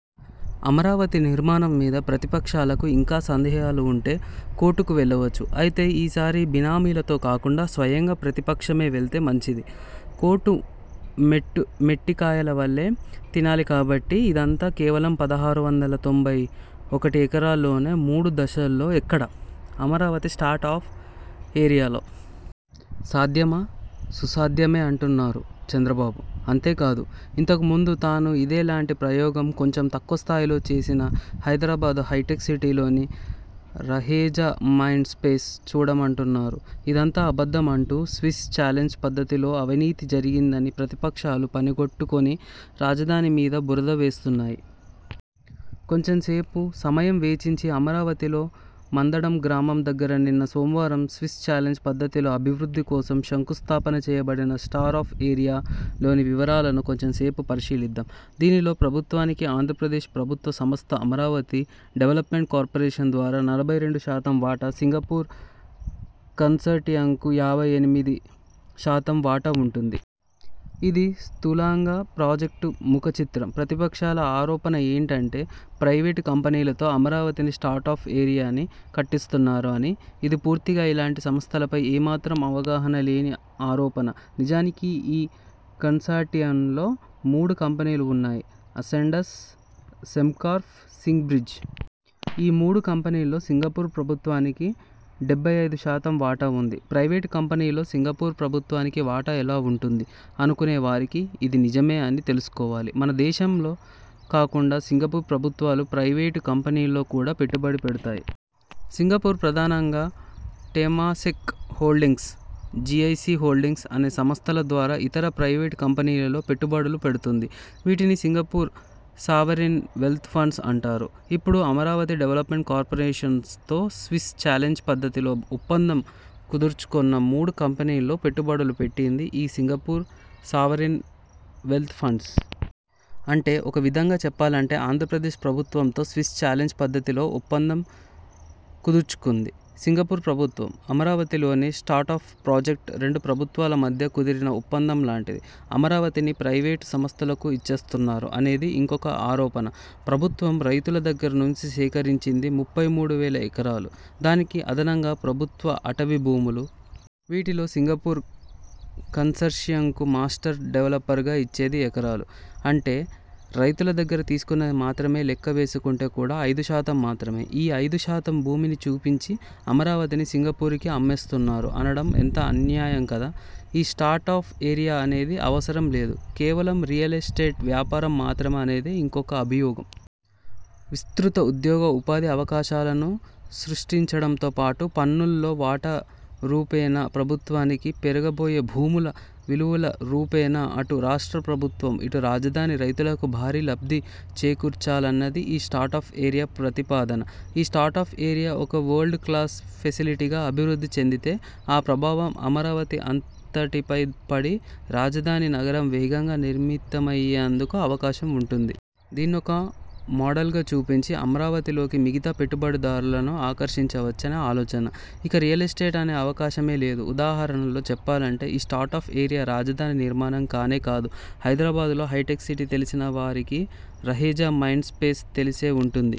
అమరావతి నిర్మాణం మీద ప్రతిపక్షాలకు ఇంకా సందేహాలు వుంటే, కోర్టుకు వెళ్ళవచ్చు. అయితే ఈసారి బినామీలతో కాకుండా, స్వయంగా ప్రతిపక్షమే వెళ్తే మంచిది. కోర్టు మెట్టు మేట్టి కాయలు వాళ్ళే తినాలి కాబట్టి..! ఇదంతా కేవలం పదహారు వందల తొంభై ఒకటిఎకరాల్లోనే! మూడు దశల్లో! ఎక్కడ? అమరావతి స్టార్ట్ అప్ ఏరియాలో! సాధ్యమా? సుసాధ్యమే అంటున్నారు చంద్రబాబు..! అంతే కాదు, ఇంతకు ముందు తాను ఇదే లాంటి ప్రయోగం, కొంచం తక్కువ స్థాయిలో చేసిన, హైదరాబాదు హైటెక్ సిటీలోని, రహేజా మైండ్ స్పేస్ చూడమంటున్నారు! ఇదంతా అబద్ధం అంటూ స్విస్స్ చాలెంజ్ పద్ధతిలో అవినీతి జరిగిందని ప్రతిపక్షాలు పనిగట్టుకొని రాజధాని మీద బురద వేస్తున్నాయి. కొంచంసేపు సమయం వెచ్చించి, అమరావతిలో మందడం గ్రామం దగ్గర నిన్న, సోమవారం స్విస్స్ చాలెంజ్ పద్ధతిలో అభివృద్ధి కోసం శంఖు స్థాపన చేయబడిన 'స్టార్ట్ అప్ ఏరియా' లోని వివరాలను కొంచంసేపు పరిశీలిద్దాం. దీనిలో ప్రభుత్వానికి, ఆంధ్రప్రదేశ్ ప్రభుత్వ సంస్థ అమరావతి డెవలప్మెంట్ కార్పరేషన్ ద్వారా నలభై రెండు శాతం వాటా, సింగపూర్ కన్సార్టియంకు యాభై ఎనిమిది శాతం వాటా వుంటుంది. ఇదీ స్థూలంగా ప్రాజెక్టు ముఖ చిత్రం. ప్రతిపక్షాల ఆరోపణ ఏంటి అంటే, ప్రైవేటు కంపెనీలతో అమరావతిని స్టార్ట్ అప్ ఏరియాని కట్టిస్తున్నారు అని. ఇది పూర్తిగా ఇలాంటి సంస్థలపై ఏ మాత్రం అవగాహన లేని ఆరోపణ. నిజానికి ఈ కన్సార్టియంలో మూడు కంపెనీలు వున్నాయి. Ascendas, Sembcorp, Singbridge. ఈ మూడు కంపెనీల్లో సింగపూర్ ప్రభుత్వానికి డెబ్బై ఐదు శాతం వాటా వుంది. ప్రైవేటు కంపెనీల్లో సింగపూర్ ప్రభుత్వానికి వాటా ఎలా వుంటుంది అనుకొనే వారికి, ఇది నిజమే అని తెలుసుకోవాలి. మన దేశంలా కాకుండా సింగపూర్ ప్రభుత్వాలు, ప్రైవేటు కంపెనీల్లో కూడా పెట్టుబడి పెడుతాయి. సింగపూర్ ప్రధానంగా, 'టేమాసేక్ హోల్డింగ్స్', 'జీఐసి హోల్డింగ్స్' అనే సంస్థల ద్వారా ఇతర ప్రైవేటు కంపనీలలో పెట్టుబడులు పెడుతుంది. వీటిని సింగపూర్ సావరిన్ వెల్త్ ఫండ్స్ అంటారు. ఇప్పుడు అమరావతి డెవలప్మెంట్ కార్పరేషన్తో స్విస్ చాలెంజ్ పద్ధతిలో ఒప్పదం కుదుర్చుకొన్న మూడు కంపెనీల్లో పెట్టుబడులు పెట్టింది ఈ సింగపూర్ సావరిన్ వెల్త్ ఫండ్స్. అంటే, ఒక విధంగా చెప్పాలంటే, ఆంద్రప్రదేశ్ ప్రభుత్వంతో స్విస్ చాలెంజ్ పద్ధతిలో ఒప్పందం కుదుర్చుకొంది సింగపూర్ ప్రభుత్వం. అమరావతిలోని స్టార్టప్ ప్రాజెక్టు రెండు ప్రభుత్వాల మధ్య కుదిరిన ఒప్పందం లాంటిది. అమరావతిని ప్రైవేటు సంస్థలకు ఇచ్చేస్తున్నారు అనేది ఇంకొక ఆరోపణ. ప్రభుత్వం రైతుల దగ్గర నుంచి సేకరించింది ముప్పై మూడు వేల ఎకరాలు, దానికి అదనంగా ప్రభుత్వ అటవీ భూములు. వీటిలో సింగపూర్ కన్సార్షియంకు మాస్టర్ డెవలపర్ గా ఇచ్చేది ఎకరాలు. అంటే, రైతుల దగ్గర తీసుకొన్నది మాత్రమే లెక్క వేసుకొంటే కూడా, ఐదు శాతం మాత్రమే. ఈ అయిదు శాతం భూమిని చూపించి అమరావతిని సింగపూర్ కి అమ్మేస్తున్నారు అనడం ఎంత అన్యాయం కదా. ఈ స్టార్ట్ అప్ ఏరియా అనేది అవసరం లేదు, కేవలం రియల్ ఎస్టేట్ వ్యాపారం మాత్రమే అనేది ఇంకో అభియోగం. విస్తృత ఉద్యోగ, ఉపాధి అవకాశాలను సృష్టించడంతో పాటు పన్నుల్లో వాటా రూపేణా ప్రభుత్వానికి, పెరగబోయే భూములు విలువల రూపేణా అటు రాష్ట్ర ప్రభుత్వం, ఇటు రాజధాని రైతులకు భారీ లబ్ధి చేకూర్చాలన్నది ఈ స్టార్టప్ ఏరియా ప్రతిపాదన. ఈ స్టార్ట్ అప్ ఏరియా ఒక వరల్డ్ క్లాస్ ఫెసిలిటీగా అభివృద్ధి చెందితే, ఆ ప్రభావం అమరావతి అంతటిపై పడి, రాజధాని నగరం వేగంగా నిర్మితమయ్యేందుకు అవకాశం వుంటుంది. దీన్ని ఒక మాడల్ గా చూపించి అమరావతిలోకి మిగతా పెట్టుబడిదారులను ఆకర్షించవచ్చని ఆలోచన. ఇక రియల్ ఎస్టేట్ అనే అవకాశమే లేదు. ఉదాహరణలో చెప్పాలంటే, ఈ స్టార్ట్ అప్ ఏరియా రాజధాని నిర్మాణం కానే కాదు. హైదరాబాదులో హైటెక్ సిటీ తెలిసిన వారికి రహేజా మైండ్ స్పేస్ తెలిసే వుంటుంది.